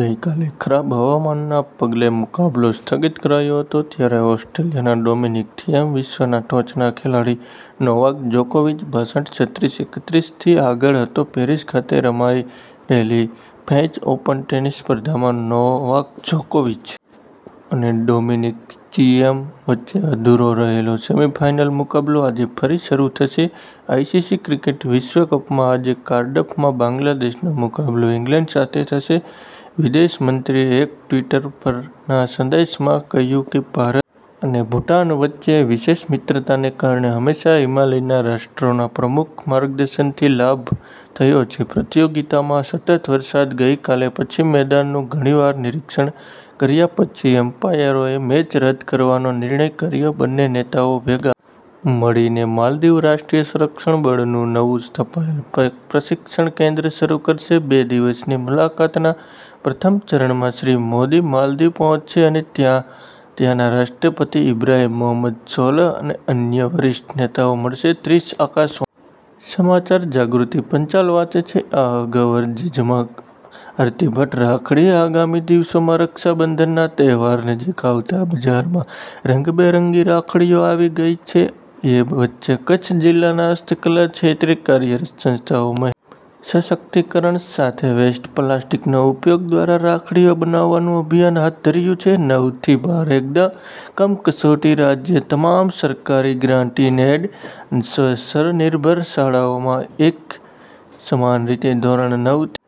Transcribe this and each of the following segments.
ગઈકાલે ખરાબ હવામાનના પગલે મુકાબલો સ્થગિત કરાયો હતો ત્યારે ઓસ્ટ્રીયાના ડોમીનીક થીએમ વિશ્વના ટોચના ખેલાડી નોવાક જોકોવિચ બાસઠ છત્રીસ એકત્રીસ થી આગળ હતો પેરીસ ખાતે રમાઈ રહેલી ફેચ ઓપન ટેનીસ સ્પર્ધામાં નોવાક જોકોવિચ અને ડોમીનીક ચિએમ વચ્ચે અધુરો રહેલો સેમી ફાઈનલ મુકાબલો આજે ફરી શરૂ થશે આઈસીસી ક્રિકેટ વિશ્વ કપમાં આજે કાર્ડફમાં બાંગ્લાદેશનો મુકાબલો ઈગ્લેન્ડ સાથે થશે વિદેશ મંત્રીએ એક ટવીટર પરના સંદેશામાં કહયું કે ભારત અને ભુટાન વચ્ચે વિશેષ મિત્રતાને કારણે હંમેશા હિમાલયના રાષ્ટ્રોના પ્રમુખના માર્ગદર્શનથી લાભ થયો છે પ્રતિયોગીતામાં સતત વરસાદ ગઈકાલે પછી મેદાનનું ઘણીવાર નિરીક્ષણ કર્યા પછી એમ્પાયરોએ મેચ રદ કરવાનો નિર્ણય કર્યો બંને નેતાઓ ભેગા મળીને માલદીવ રાષ્ટ્રીય સંરક્ષણ બળનું નવુ સ્થપાયેલ પ્રશીક્ષણ કેન્દ્ર શરૂ કરશે બે દિવસની મુલાકાતના પ્રથમ ચરણમાં શ્રી મોદી માલદીવ પહોચશે અને ત્યાંના રાષ્ટ્રપતિ ઈબ્રાહીમ મોહમદ સોલહ અને અન્ય વરિષ્ઠ નેતાઓને મળશે ત્રીસ આકાશવાણી સમાચાર જાગૃતિ પંચાલ વાંચે છે આ અગાઉ અરજી જમા આરતી ભટ્ટ રાખડી આગામી દિવસોમાં રક્ષાબંધનનો તહેવાર નજીક આવતા બજારમાં રંગબેરંગી રાખડીઓ આવી ગઈ છે એ વચ્ચે કચ્છ જીલ્લાની હસ્તકલા ક્ષેત્રે કાર્યરત સંસ્થાઓ મહિલા સશક્તિકરણ સાથે વેસ્ટ પ્લાસ્ટિક નો ઉપયોગ દ્વારા રાખડીઓ બનાવવાનું અભિયાન હાથ ધર્યું છે નવ થી બાર એકમ કસોટી રાજ્યની તમામ સરકારી ગ્રાન્ટ ઇન એડ અને સ્વનિર્ભર શાળાઓમાં એક સમાન રીતે ધોરણ નવ થી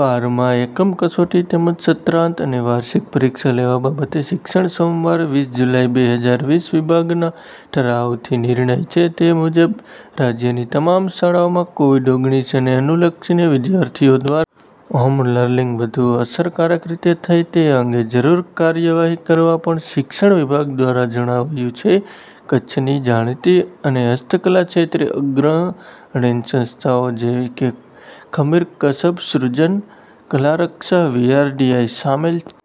બાર માં એકમ કસોટી તેમજ સત્રાંત અને વાર્ષિક પરીક્ષા લેવા બાબતે શિક્ષણ સોમવાર વીસ જુલાઈ બે હજાર વીસ વિભાગના ઠરાવથી નિર્ણય છે તે મુજબ રાજ્યની તમામ શાળાઓમાં કોવિડ ઓગણિસ ને અનુલક્ષીને વિદ્યાર્થીઓ દ્વારા હોમ લર્નિગ વધુ અસરકારક રીતે થયે તે અંગે જરૂરી કાર્યવાહી કરવા પણ શિક્ષણ વિભાગ દ્વારા જણાવાયું છે કચ્છની જાણીતી અને હસ્તકલા ક્ષેત્રે અગ્રણીન સંસ્થાઓ જેવી કે ખમીર કસબ શ્રુજન કલારક્ષા વીઆરડીઆઈ સામેલ છે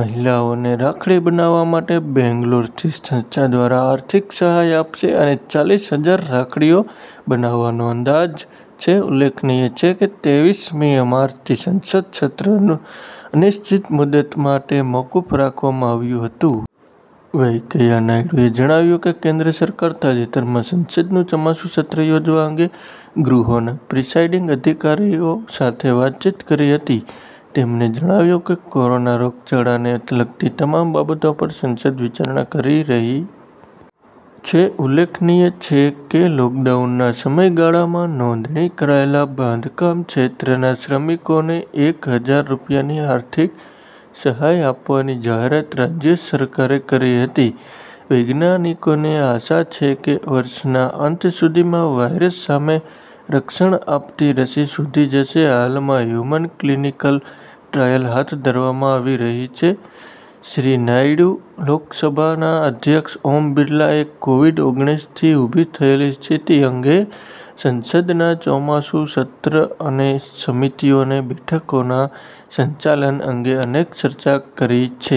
મહિલાઓને રાખડી બનાવવા માટે બેંગલોર સ્થિત સંસ્થા દ્વારા આર્થીક સહાય અપાશે અને ચાલીસ હજાર રાખડીઓ બનાવવાનો અંદાજ છે ઉલ્લેખનીય છે કે તેવીસ મી માર્ચથી સંસદનું સત્ર અનિશ્ચિત મુદત માટે મોકૂફ રાખવામાં આવ્યું હતું વેંકૈયા નાયડુ એ જણાવ્યું કે કેન્દ્ર સરકારે તાજેતરમાં સંસદનું ચોમાસું સત્ર યોજવા અંગે ગૃહોના પ્રિસાઇડિંગ અધિકારીઓ સાથે વાતચીત કરી હતી તેમને જણાવ્યું કે કોરોના રોગચાળાને લગતી તમામ બાબતો પર સંસદ વિચારણા કરી રહી છે ઉલ્લેખનીય છે કે લોકડાઉનના સમયગાળામાં નોંધણી કરાયેલા બાંધકામ ક્ષેત્રના શ્રમિકોને એક હજાર રૂપિયાની આર્થિક સહાય આપવાની જાહેરાત રાજ્ય સરકારે કરી હતી વૈજ્ઞાનિકોને આશા છે કે વર્ષના અંત સુધીમાં આ વાયરસ સામે રક્ષણ આપતી રસી શોધી જશે હાલમાં હ્યુમન કલીનીકલ ટ્રાયલ હાથ ધરવામાં આવી રહી છે શ્રી નાયડુ અને લોકસભાના અધ્યક્ષ ઓમ બિરલા એ કોવીડ ઓગણિસ થી ઉભી થયેલી પરિસ્થિતિ અંગે સંસદના ચોમાસું સત્ર અને સમિતિઓની બેઠકોના સંચાલન અંગે અનેક ચર્ચા કરી છે।